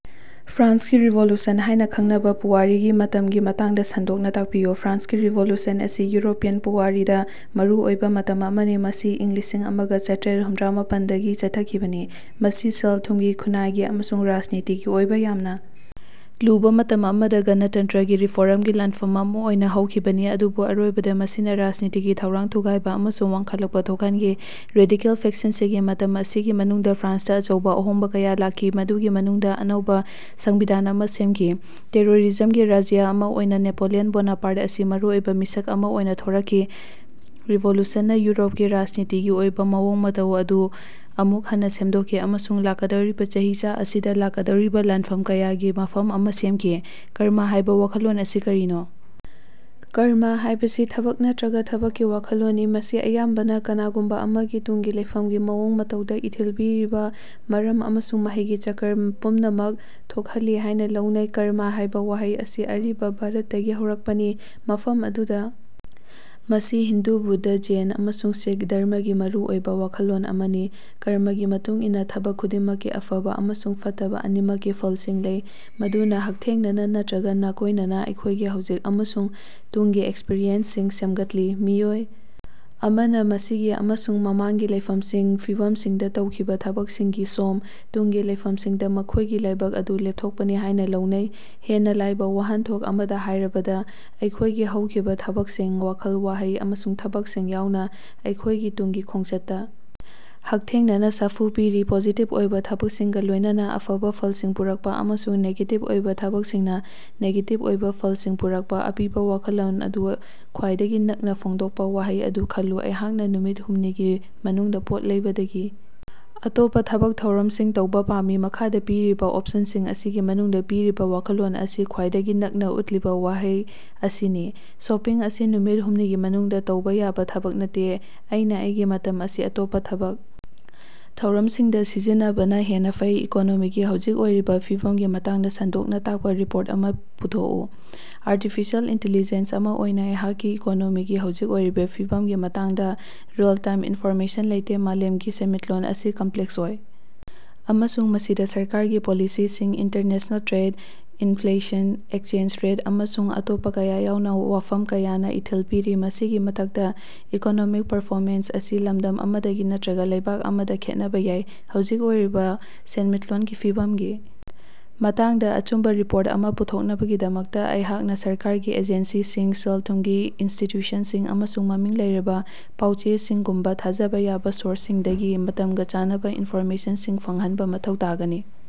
ꯐ꯭ꯔꯥꯟꯁꯀꯤ ꯔꯤꯚꯣꯂꯨꯁꯟ ꯍꯥꯏꯅ ꯈꯪꯅꯕ ꯄꯨꯋꯥꯔꯤꯒꯤ ꯃꯇꯝꯒꯤ ꯃꯇꯥꯡꯗ ꯁꯟꯗꯣꯛꯅ ꯇꯥꯛꯄꯤꯌꯨ꯫ ꯐ꯭ꯔꯥꯟꯁꯀꯤ ꯔꯤꯚꯣꯂꯨꯁꯟ ꯑꯁꯤ ꯌꯨꯔꯣꯄꯤꯌꯟ ꯄꯨꯋꯥꯔꯤꯗ ꯃꯔꯨ ꯑꯣꯏꯕ ꯃꯇꯝ ꯑꯃꯅꯤ꯫ ꯃꯁꯤ ꯏꯪ ꯂꯤꯁꯤꯡ ꯑꯃꯒ ꯆꯇ꯭ꯔꯦꯠ ꯍꯨꯝꯗ꯭ꯔꯥ ꯃꯥꯄꯟꯗꯒꯤ ꯆꯠꯊꯈꯤꯕꯅꯤ꯫ ꯃꯁꯤ ꯁꯦꯜ-ꯊꯨꯝꯒꯤ, ꯈꯨꯟꯅꯥꯏꯒꯤ ꯑꯃꯁꯨꯡ ꯔꯥꯖꯅꯤꯇꯤꯒꯤ ꯑꯣꯏꯕ ꯌꯥꯝꯅ ꯂꯨꯕ ꯃꯇꯝ ꯑꯃꯗ ꯒꯅꯇꯟꯇ꯭ꯔꯒꯤ ꯔꯤꯐꯣꯔꯝꯒꯤ ꯂꯥꯟꯐꯝ ꯑꯃ ꯑꯣꯏꯅ ꯍꯧꯈꯤꯕꯅꯤ ꯑꯗꯨꯕꯨ ꯑꯔꯣꯏꯕꯗ ꯃꯁꯤꯅ ꯔꯥꯖꯅꯤꯇꯤꯒꯤ ꯊꯧꯔꯥꯡ ꯊꯨꯒꯥꯏꯕ ꯑꯃꯁꯨꯡ ꯋꯥꯡꯈꯠꯂꯛꯄꯥ ꯊꯣꯛꯍꯟꯈꯤ꯫ ꯔꯦꯗꯤꯀꯦꯜ ꯐꯦꯛꯁꯟꯁꯤꯡꯒꯤ ꯃꯇꯝ ꯑꯁꯤꯒꯤ ꯃꯅꯨꯡꯗ ꯐ꯭ꯔꯥꯟꯁꯇ ꯑꯆꯧꯕ ꯑꯍꯣꯡꯕ ꯀꯌꯥ ꯂꯥꯛꯈꯤ꯫ ꯃꯗꯨꯒꯤ ꯃꯅꯨꯡꯗ ꯑꯅꯧꯕ ꯁꯪꯕꯤꯙꯥꯟ ꯑꯃ ꯁꯦꯝꯈꯤ꯫ ꯇꯦꯔꯣꯔꯤꯖꯝꯒꯤ ꯔꯥꯖ꯭ꯌ ꯑꯃ ꯑꯣꯏꯅ ꯅꯦꯄꯣꯂꯤꯌꯟ ꯕꯣꯅꯥꯄꯥꯔꯠ ꯑꯁꯤ ꯃꯔꯨꯑꯣꯏꯕ ꯃꯤꯁꯛ ꯑꯃ ꯑꯣꯏꯅ ꯊꯣꯔꯛꯈꯤ꯫ ꯔꯤꯚꯣꯂ꯭ꯌꯨꯁꯟꯅ ꯌꯨꯔꯣꯞꯀꯤ ꯔꯥꯖꯅꯤꯇꯤꯒꯤ ꯑꯣꯏꯕ ꯃꯑꯣꯡ ꯃꯇꯧ ꯑꯗꯨ ꯑꯃꯨꯛ ꯍꯟꯅ ꯁꯦꯝꯗꯣꯛꯈꯤ ꯑꯃꯁꯨꯡ ꯂꯥꯛꯀꯗꯧꯔꯤꯕ ꯆꯍꯤꯆꯥ ꯑꯁꯤꯗ ꯂꯥꯛꯀꯗꯧꯔꯤꯕ ꯂꯥꯟꯐꯝ ꯀꯌꯥꯒꯤ ꯃꯐꯝ ꯑꯃ ꯁꯦꯝꯈꯤ꯫ 'ꯀꯔꯃ ' ꯍꯥꯏꯕ ꯋꯥꯈꯜꯂꯣꯟ ꯑꯁꯤ ꯀꯔꯤꯅꯣ? ꯀꯔꯃ ꯍꯥꯏꯕꯁꯤ ꯊꯕꯛ ꯅꯠꯇ꯭ꯔꯒ ꯊꯕꯛꯀꯤ ꯋꯥꯈꯜꯂꯣꯟꯅꯤ꯫ ꯃꯁꯤ ꯑꯌꯥꯝꯕꯅ ꯀꯅꯥꯒꯨꯝꯕ ꯑꯃꯒꯤ ꯇꯨꯡꯒꯤ ꯂꯩꯐꯝꯒꯤ ꯃꯑꯣꯡ ꯃꯇꯧꯗ ꯏꯊꯤꯜ ꯄꯤꯔꯤꯕ ꯃꯔꯝ ꯑꯃꯁꯨꯡ ꯃꯍꯩꯒꯤ ꯆꯀꯔ ꯄꯨꯝꯅꯃꯛ ꯊꯣꯛꯍꯜꯂꯤ ꯍꯥꯏꯅ ꯂꯧꯅꯩ꯫ ꯀꯔꯃ ꯍꯥꯏꯕ ꯋꯥꯍꯩ ꯑꯁꯤ ꯑꯔꯤꯕ ꯚꯥꯔꯠꯇꯒꯤ ꯍꯧꯔꯛꯄꯅꯤ꯫ ꯃꯐꯝ ꯑꯗꯨꯗ ꯃꯁꯤ ꯍꯤꯟꯗꯨ, ꯕꯨꯗꯙ, ꯖꯩꯟ ꯑꯃꯁꯨꯡ ꯁꯤꯈ ꯙꯔꯃꯒꯤ ꯃꯔꯨ ꯑꯣꯏꯕ ꯋꯥꯈꯜꯂꯣꯟ ꯑꯃꯅꯤ꯫ ꯀꯔꯃꯒꯤ ꯃꯇꯨꯡ ꯏꯟꯅ ꯊꯕꯛ ꯈꯨꯗꯤꯡꯃꯛꯀꯤ ꯑꯐꯕ ꯑꯃꯁꯨꯡ ꯐꯠꯇꯕ ꯑꯅꯤꯃꯛꯀꯤ ꯐꯜꯁꯤꯡ ꯂꯩ꯫ ꯃꯗꯨꯅ ꯍꯛꯊꯦꯡꯅꯅ ꯅꯠꯇ꯭ꯔꯒ ꯅꯥꯀꯣꯏꯅꯅ ꯑꯩꯈꯣꯏꯒꯤ ꯍꯧꯖꯤꯛ ꯑꯃꯁꯨꯡ ꯇꯨꯡꯒꯤ ꯑꯦꯛꯁꯄꯤꯔꯤꯌꯦꯟꯁꯁꯤꯡ ꯁꯦꯝꯒꯠꯂꯤ꯫ ꯃꯤꯑꯣꯏ ꯑꯃꯅ ꯃꯁꯤꯒꯤ ꯑꯃꯁꯨꯡ ꯃꯃꯥꯡꯒꯤ ꯂꯩꯐꯝꯒꯤ ꯐꯤꯚꯝꯁꯤꯡꯗ ꯇꯧꯈꯤꯕ ꯊꯕꯛꯁꯤꯡꯒꯤ ꯁꯣꯝ, ꯇꯨꯡꯒꯤ ꯂꯩꯐꯝꯁꯤꯡꯗ ꯃꯈꯣꯏꯒꯤ ꯂꯥꯏꯕꯛ ꯑꯗꯨ ꯂꯦꯞꯊꯣꯛꯄꯅꯤ ꯍꯥꯏꯅ ꯂꯧꯅꯩ꯫ ꯍꯦꯟꯅ ꯂꯥꯏꯕ ꯋꯥꯍꯟꯊꯣꯛ ꯑꯃꯗ ꯍꯥꯏꯔꯕꯗ, ꯑꯩꯈꯣꯏꯒꯤ ꯍꯧꯈꯤꯕ ꯊꯕꯛꯁꯤꯡ: ꯋꯥꯈꯜ, ꯋꯥꯍꯩ ꯑꯃꯁꯨꯡ ꯊꯕꯛꯁꯤꯡ ꯌꯥꯎꯅ ꯑꯩꯈꯣꯏꯒꯤ ꯇꯨꯡꯒꯤ ꯈꯣꯡꯆꯠꯇ ꯍꯛꯊꯦꯡꯅꯅ ꯁꯥꯐꯨ ꯄꯤꯔꯤ꯫ ꯄꯣꯖꯤꯇꯤꯚ ꯑꯣꯏꯕ ꯊꯕꯛꯁꯤꯡꯒ ꯂꯣꯏꯅꯅ ꯑꯐꯕ ꯐꯜꯁꯤꯡ ꯄꯨꯔꯛꯄ ꯑꯃꯁꯨꯡ ꯅꯦꯒꯦꯇꯤꯚ ꯑꯣꯏꯕ ꯊꯕꯛꯁꯤꯡꯅ ꯅꯦꯒꯦꯇꯤꯚ ꯑꯣꯏꯕ ꯐꯜꯁꯤꯡ ꯄꯨꯔꯛꯄ꯫ ꯑꯄꯤꯕ ꯋꯥꯈꯜꯂꯣꯟ ꯑꯗꯨ ꯈ꯭ꯋꯥꯏꯗꯒꯤ ꯅꯛꯅ ꯐꯣꯡꯗꯣꯛꯄ ꯋꯥꯍꯩ ꯑꯗꯨ ꯈꯜꯂꯨ꯫ ꯑꯩꯍꯥꯛꯅ ꯅꯨꯃꯤꯠ ꯍꯨꯝꯅꯤꯒꯤ ꯃꯅꯨꯡꯗ ꯄꯣꯠ ꯂꯩꯕꯗꯒꯤ ꯑꯇꯣꯞꯄ ꯊꯕꯛ ꯊꯧꯔꯝꯁꯤꯡ ꯇꯧꯕ ꯄꯥꯝꯃꯤ꯫ ꯃꯈꯥꯗ ꯄꯤꯔꯤꯕ ꯑꯣꯞꯁꯟꯁꯤꯡ ꯑꯁꯤꯒꯤ ꯃꯅꯨꯡꯗ ꯄꯤꯔꯤꯕ ꯋꯥꯈꯜꯂꯣꯟ ꯑꯁꯤ ꯈ꯭ꯋꯥꯏꯗꯒꯤ ꯅꯛꯅ ꯎꯠꯂꯤꯕ ꯋꯥꯍꯩ ꯑꯁꯤꯅꯤ: "ꯁꯣꯄꯤꯡ ꯑꯁꯤ ꯅꯨꯃꯤꯠ ꯍꯨꯝꯅꯤꯒꯤ ꯃꯅꯨꯡꯗ ꯇꯧꯕ ꯌꯥꯕ ꯊꯕꯛ ꯅꯠꯇꯦ; ꯑꯩꯅ ꯑꯩꯒꯤ ꯃꯇꯝ ꯑꯁꯤ ꯑꯇꯣꯞꯄ ꯊꯕꯛ ꯊꯧꯔꯝꯁꯤꯡꯗ ꯁꯤꯖꯤꯟꯅꯕꯅ ꯍꯦꯟꯅ ꯐꯩ"꯫ ꯏꯀꯣꯅꯣꯃꯤꯒꯤ ꯍꯧꯖꯤꯛ ꯑꯣꯏꯔꯤꯕ ꯐꯤꯚꯝꯒꯤ ꯃꯇꯥꯡꯗ ꯁꯟꯗꯣꯛꯅ ꯇꯥꯀꯄ ꯔꯤꯄꯣꯔꯠ ꯑꯃ ꯄꯨꯊꯣꯛꯄ- ꯑꯥꯔꯇꯤꯐꯤꯁꯤꯌꯦꯜ ꯏꯟꯇꯦꯂꯤꯖꯦꯟꯁ ꯑꯃ ꯑꯣꯏꯅ ꯑꯩꯍꯥꯛꯀꯤ ꯏꯀꯣꯅꯣꯃꯤꯒꯤ ꯍꯧꯖꯤꯛ ꯑꯣꯏꯔꯤꯕ ꯐꯤꯕꯝꯒꯤ ꯃꯇꯥꯡꯗ ꯔꯤꯑꯦꯜ ꯇꯥꯏꯝ ꯏꯟꯐꯣꯔꯃꯦꯁꯟ ꯂꯩꯇꯦ꯫ ꯃꯥꯂꯦꯝꯒꯤ ꯁꯦꯟꯃꯤꯠꯂꯣꯟ ꯑꯁꯤ ꯀꯝꯄ꯭ꯂꯦꯛꯁ ꯑꯣꯏ ꯑꯃꯁꯨꯡ ꯃꯁꯤꯗ ꯁꯔꯀꯥꯔꯒꯤ ꯄꯣꯂꯤꯁꯤꯁꯤꯡ, international trade, inflation, exchange rate ꯑꯃꯁꯨꯡ ꯑꯇꯣꯞꯄ ꯀꯌꯥ ꯌꯥꯎꯅ ꯋꯥꯐꯝ ꯀꯌꯥꯅ ꯏꯊꯤꯜ ꯄꯤꯔꯤ꯫ ꯃꯁꯤꯒꯤ ꯃꯊꯛꯇ ꯏꯀꯣꯅꯣꯃꯤꯛ ꯄꯔꯐꯣꯃꯦꯟꯁ ꯑꯁꯤ ꯂꯝꯗꯝ ꯑꯃꯗꯒꯤ ꯅꯠꯇ꯭ꯔꯒ ꯂꯩꯕꯥꯛ ꯑꯃꯗ ꯈꯦꯠꯅꯕ ꯌꯥꯏ꯫ ꯍꯧꯖꯤꯛ ꯑꯣꯏꯔꯤꯕ ꯁꯦꯟꯃꯤꯠꯂꯣꯟꯒꯤ ꯐꯤꯕꯝꯒꯤ ꯃꯇꯥꯡꯗ ꯑꯆꯨꯝꯕ ꯔꯤꯄꯣꯔꯠ ꯑꯃ ꯄꯨꯊꯣꯛꯅꯕꯒꯤꯗꯃꯛꯇ ꯑꯩꯍꯥꯛꯅ ꯁꯔꯀꯥꯔꯒꯤ ꯑꯦꯖꯦꯟꯁꯤꯁꯤꯡ, ꯁꯦꯜ-ꯊꯨꯝꯒꯤ ꯏꯟꯁꯇꯤꯇ꯭ꯌꯨꯁꯟꯁꯤꯡ ꯑꯃꯁꯨꯡ ꯃꯃꯤꯡ ꯂꯩꯔꯕ ꯄꯥꯎ-ꯆꯦꯁꯤꯡꯒꯨꯝꯕ ꯊꯥꯖꯕ ꯌꯥꯕ ꯁꯣꯔꯁꯁꯤꯡꯗꯒꯤ ꯃꯇꯝꯒ ꯆꯥꯟꯅꯕ ꯏꯟꯐꯣꯔꯃꯦꯁꯟꯁꯤꯡ ꯐꯪꯍꯟꯕ ꯃꯊꯧ ꯇꯥꯒꯅꯤ꯫